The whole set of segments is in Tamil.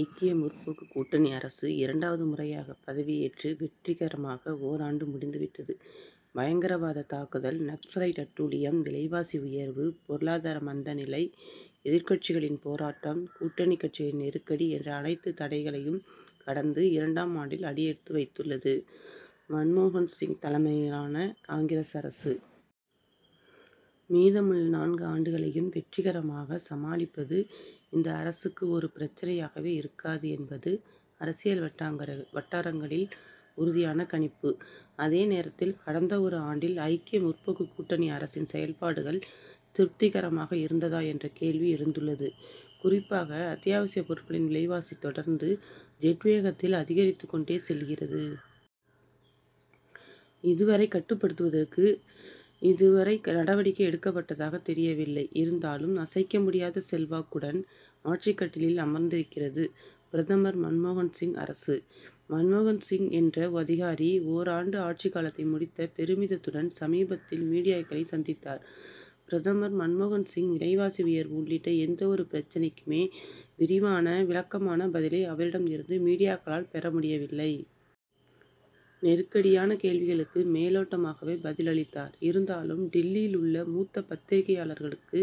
ஐக்கிய முற்போக்கு கூட்டணி அரசு இரண்டாவது முறையாக பதவியேற்று வெற்றிகரமாக ஓராண்டு முடிந்து விட்டது. பயங்கரவாத தாக்குதல், நக்சலைட் அட்டூழியம், விலைவாசி உயர்வு, பொருளாதார மந்த நிலை, எதிர்க்கட்சிகளின் போராட்டம், கூட்டணி கட்சிகளின் நெருக்கடி என்ற அனைத்து தடைகளையும் கடந்து, இரண்டாம் ஆண்டில் அடி எடுத்து வைத்துள்ளது, மன்மோகன் சிங் தலைமையிலான காங்கிரஸ் அரசு. மீதமுள்ள நான்கு ஆண்டுகளையும் வெற்றிகரமாக சமாளிப்பது, இந்த அரசுக்கு ஒரு பிரச்னையாகவே இருக்காது என்பது அரசியல் வட்டாரங்களில் உறுதியான கணிப்பு. அதே நேரத்தில், கடந்த ஒரு ஆண்டில் ஐக்கிய முற்போக்கு கூட்டணி அரசின் செயல்பாடுகள் திருப்திகரமாக இருந்ததா என்ற கேள்வி எழுந்துள்ளது. குறிப்பாக, அத்தியாவசியப் பொருட்களின் விலைவாசி தொடர்ந்து ஜெட் வேகத்தில் அதிகரித்துக் கொண்டே செல்கிறது. இதை கட்டுப்படுத்துவதற்கு இதுவரை நடவடிக்கை எடுக்கப்பட்டதாக தெரியவில்லை. இருந்தாலும், அசைக்க முடியாத செல்வாக்குடன் ஆட்சிக் கட்டிலில் அமர்ந்திருக்கிறது பிரதமர் மன்மோகன் சிங் அரசு. மன்மோகன் சிங் என்ற அதிகாரி ஓராண்டு ஆட்சி காலத்தை முடித்த பெருமிதத்துடன் சமீபத்தில் மீடியாக்களை சந்தித்தார், பிரதமர் மன்மோகன் சிங். விலைவாசி உயர்வு உள்ளிட்ட எந்த ஒரு பிரச்னைக்குமே விரிவான, விளக்கமான பதிலை அவரிடம் இருந்து மீடியாக்களால் பெற முடியவில்லை. நெருக்கடியான கேள்விகளுக்கு மேலோட்டமாகவே பதில் அளித்தார். இருந்தாலும், டில்லியில் உள்ள மூத்த பத்திரிகையாளர்களுக்கு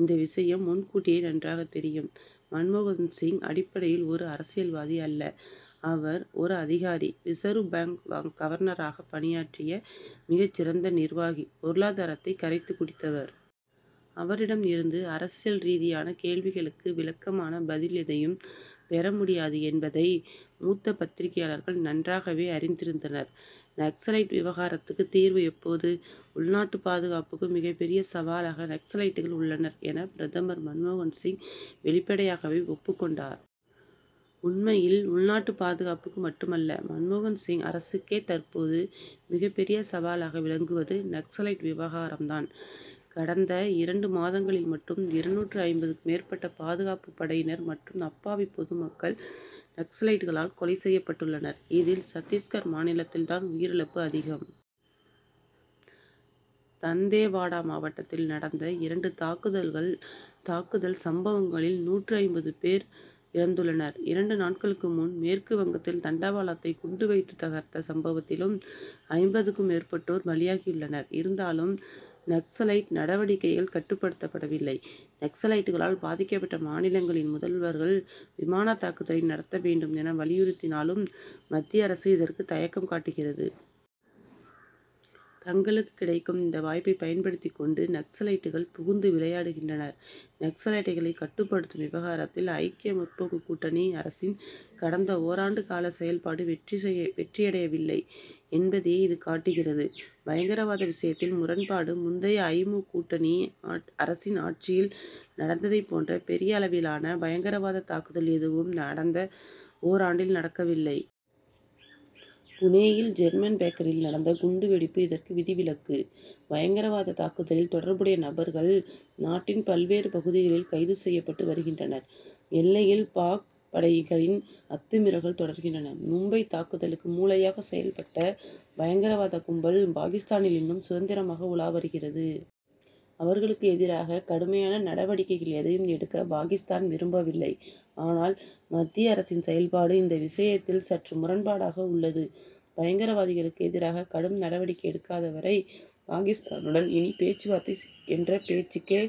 இந்த விஷயம் முன் கூட்டியே நன்றாக தெரியும். மன்மோகன் சிங், அடிப்படையில் ஒரு அரசியல்வாதி அல்ல. அவர் ஒரு அதிகாரி. ரிசர்வ் பாங்க் கவர்னராக பணியாற்றிய, மிகச் சிறந்த நிர்வாகி. பொருளாதாரத்தை கரைத்துக் குடித்தவர். அவரிடம் இருந்து அரசியல் ரீதியான கேள்விகளுக்கு விளக்கமான பதில் எதையும் பெற முடியாது என்பதை, மூத்த பத்திரிகையாளர்கள் நன்றாகவே அறிந்திருந்தனர். நக்சலைட் விவகாரத்துக்கு தீர்வு எப்போது? உள்நாட்டு பாதுகாப்புக்கு மிகப் பெரிய சவாலாக நக்சலைட்கள் உள்ளனர்' என, பிரதமர் மன்மோகன் சிங் வெளிப்படையாகவே ஒப்புக் கொண்டார். உண்மையில், உள்நாட்டு பாதுகாப்புக்கு மட்டுமல்ல, மன்மோகன் சிங் அரசுக்கே தற்போது மிகப் பெரிய சவாலாக விளங்குவது நக்சலைட் விவகாரம் தான். கடந்த இரண்டு மாதங்களில் மட்டும் இருநூற்று ஐம்பதுக்கும் மேற்பட்ட பாதுகாப்பு படையினர் மற்றும் அப்பாவி பொதுமக்கள் நக்சலைட் களால் கொலை செய்யப் பட்டுள்ளனர். இதில், சத்திஸ்கர் மாநிலத்தில் தான் உயிரிழப்பு அதிகம். தந்தேவாடா மாவட்டத்தில் நடந்த இரண்டு தாக்குதல் சம்பவங்களில் நூற்று ஐம்பது பேர் இறந்துள்ளனர். இரண்டு நாட்களுக்கு முன் மேற்கு வங்கத்தில் தண்டவாளத்தை குண்டு வைத்து தகர்த்த சம்பவத்திலும் ஐம்பதுக்கும் மேற்பட்டோர் பலியாகியுள்ளனர். இருந்தாலும், நக்சலைட் நடவடிக்கைகள் கட்டுப்படுத்தப்படவில்லை. நக்சலைட்களால் பாதிக்கப்பட்ட மாநிலங்களின் முதல்வர்கள், விமான தாக்குதலை நடத்த வேண்டும் என, வலியுறுத்தினாலும், மத்திய அரசு இதற்கு தயக்கம் காட்டுகிறது. தங்களுக்கு கிடைக்கும் இந்த வாய்ப்பை பயன்படுத்திக் கொண்டு, நக்சலைட்கள் புகுந்து விளையாடுகின்றனர். நக்சலைட்களை கட்டுப்படுத்தும் விவகாரத்தில் ஐக்கிய முற்போக்கு கூட்டணி அரசின் கடந்த ஓராண்டு கால செயல்பாடு வெற்றியடையவில்லை என்பதையே இது காட்டுகிறது. பயங்கரவாத விஷயத்தில் முரண்பாடு: முந்தைய ஐ. மு., கூட்டணி அரசின் ஆட்சியில் நடந்ததை போன்ற பெரிய அளவிலான பயங்கரவாத தாக்குதல் எதுவும் கடந்த ஓராண்டில் நடக்கவில்லை. புனேயில் ஜெர்மன் பேக்கரியில் நடந்த குண்டு வெடிப்பு இதற்கு விதிவிலக்கு. பயங்கரவாத தாக்குதலில் தொடர்புடைய நபர்கள், நாட்டின் பல்வேறு பகுதிகளில் கைது செய்யப்பட்டு வருகின்றனர். எல்லையில் பாக்., படைகளின் அத்துமீறல்கள் தொடர்கின்றன. மும்பை தாக்குதலுக்கு மூளையாக செயல்பட்ட பயங்கரவாத கும்பல், பாகிஸ்தானில் இன்னும் சுதந்திரமாக உலா வருகிறது. அவர்களுக்கு எதிராக கடுமையான நடவடிக்கைகள் எதையும் எடுக்க, பாகிஸ்தான் விரும்பவில்லை. ஆனால், மத்திய அரசின் செயல்பாடு இந்த விஷயத்தில் சற்று முரண்பாடாக உள்ளது. பயங்கரவாதிகளுக்கு எதிராக கடும் நடவடிக்கை எடுக்காத வரை, பாகிஸ்தானுடன் இனி பேச்சுவார்த்தை என்ற பேச்சுக்க